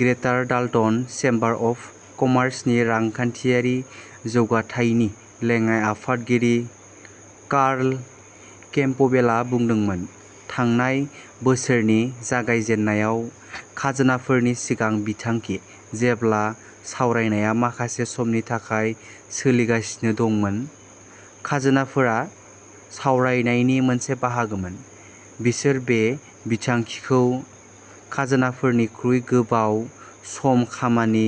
ग्रेटार Dalton Chamber of कमार्सनि रांखान्थियारि जौगाथायनि लेङाइ आफादगिरि कार्ल केम्पबेलआ बुंदोंमोन, थांनाय बोसोरनि जागायजेननायाव, खाजोनाफोरनि सिगां बिथांखि। जेब्ला सावरायनाया माखासे समनि थाखाय सोलिगासिनो दंमोन, खाजोनाफोरा सावरायनायनि मोनसे बाहागोमोन। बिसोर बे बिथांखिखौ खाजोनाफोरनिख्रुइ गोबाव सम खामानि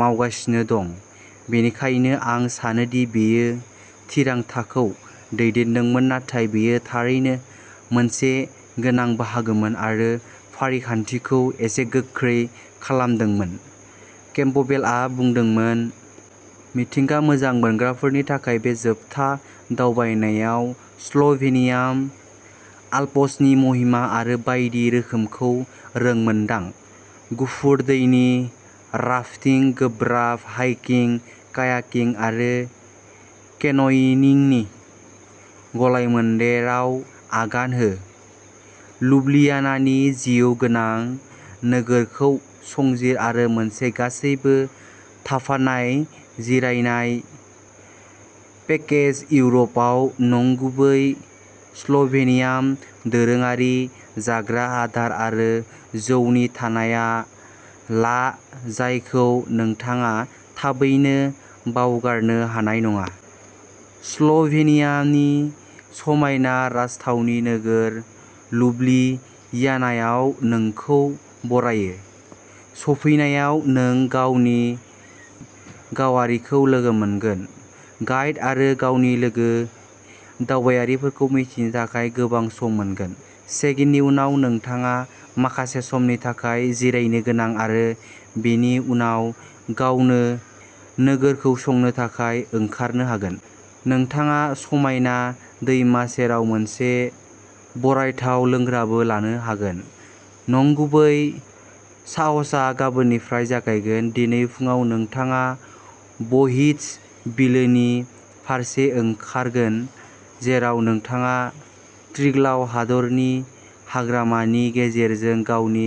मावगासिनो दं बेनिखायनो आं सानो दि बेयो थिरांथाखौ दैदेनदोंमोन नाथाय बेयो थारैनो मोनसे गोनां बाहागोमोन आरो फारिखान्थिखौ एसे गोख्रै खालामदोंमोन केम्पबेलआ बुंदोंमोन। मिथिंगा मोजां मोनग्राफोरनि थाखाय बे जोबथा दावबायनायाव स्ल'भेनियान आल्प्सनि महिमा आरो बायदि रोखोमखौ रोंमोनदां। गुफुर दैनि राफ्टिं, गोब्राब हाइकिं, कायाकिं आरो केनयनिंनि गलायमोन्देरआव आगान हो। लुब्लियानानि जिउ गोनां नोगोरखौ संजिर आरो मोनसे गासैबो थाफानाय जिरायनाय पेकेज इउर'पआव नंगुबै स्ल'भेनियान दोरोङारि जाग्रा आदार आरो जौनि थावनाय ला जायखौ नोंथाङा थाबैनो बावगारनो हानाय नङा। स्ल'भेनियानि समायना राजथावनि नोगोर लुब्लियानायाव नोंखौ बरायो। सफैनायाव, नों गावनि गावारिखौ लोगो मोनगोन। गाइड आरो गावनि लोगो दावबायारिफोरखौ मिन्थिनो थाखाय गोबां सम मोनगोन। चेक-इननि उनाव, नोंथाङा माखासे समनि थाखाय जिरायनो हागोन आरो बेनि उनाव गावनो नोगोरखौ संनो थाखाय ओंखारनो हागोन। नोंथाङा समायना दैमा सेराव मोनसे बरायथाव लोंग्राबो लानो हागोन। नंगुबै साहसआ गाबोननिफ्राय जागायगोन। दिनै फुङाव, नोंथाङा ब'हिंज बिलोनि फारसे ओंखारगोन जेराव नोंथाङा ट्रिग्लाव हादरारि हाग्रामानि गेजेरजों गावनि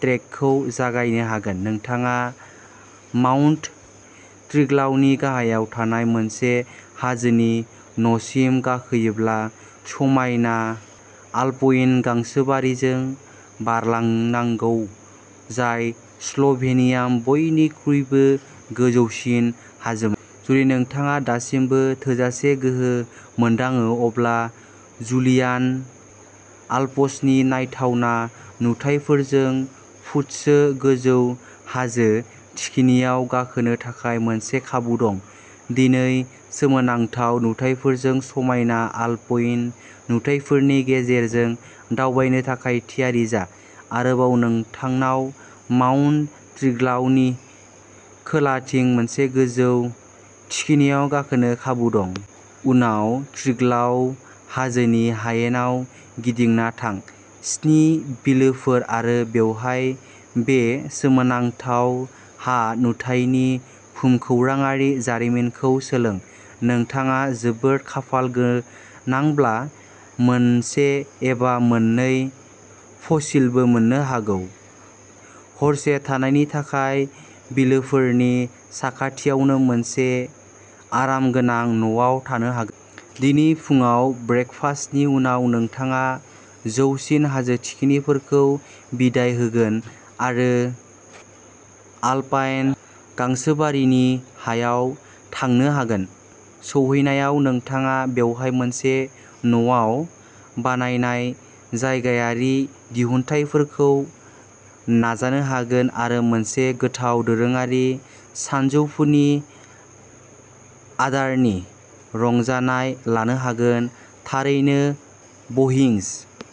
ट्रेकखौ जागायनो हागोन। नोंथाङा माउन्ट ट्रिग्लावनि गाहायाव थानाय मोनसे हाजोनि न'सिम गाखोयोब्ला समायना आल्पाइन गांसोबारिजों बारलांनांगौ, जाय स्ल'भेनियानि बयनिख्रुइबो गोजौसिन हाजोमा। जुदि नोंथाङा दासिमबो थोजासे गोहो मोनदाङो, अब्ला जुलियान आल्प्सनि नायथावना नुथायफोरजों फुटसो गोजौ हाजो थिखिनियाव गाखोनो थाखाय मोनसे खाबु दं। दिनै, सोमोनांथाव नुथायफोरजों समायना आल्पाइन नुथायफोरनि गेजेरजों दावबायनो थाखाय थियारि जा। आरोबाव नोंथांनाव माउन्ट ट्रिग्लावनि खोलाथिं मोनसे गोजौ थिखिनियाव गाखोनो खाबु दं। उनाव, ट्रिग्लाव हाजोनि हायेनाव गिदिंना थां। स्नि बिलोफोर आरो बेवहाय बे सोमोनांथाव हा-नुथायनि भुमखौराङारि जारिमिनखौ सोलों। नोंथाङा जोबोद खाफाल गोनांब्ला मोनसे एबा मोननै फसिलबो मोननो हागौ। हरसे थानायनि थाखाय बिलोफोरनि साखाथियावनो मोनसे आरामगोनां न'आव थानो हागोन। दिनै फुङाव ब्रेकफास्टनि उनाव, नोंथाङा जौसिन हाजो थिखिनिफोरखौ बिदाय होगोन आरो आल्पाइन गांसोबारिफोरनि हायाव थांनो हागोन। सौहैनायाव, नोंथाङा बेवहाय माखासे न'आव बानायनाय जायगायारि दिहुनथायफोरखौ नाजानो हागोन आरो मोनसे गोथाव दोरोङारि सानजौफुनि आदारनि रंजानाय लानो हागोन थारैनो ब'हिंज।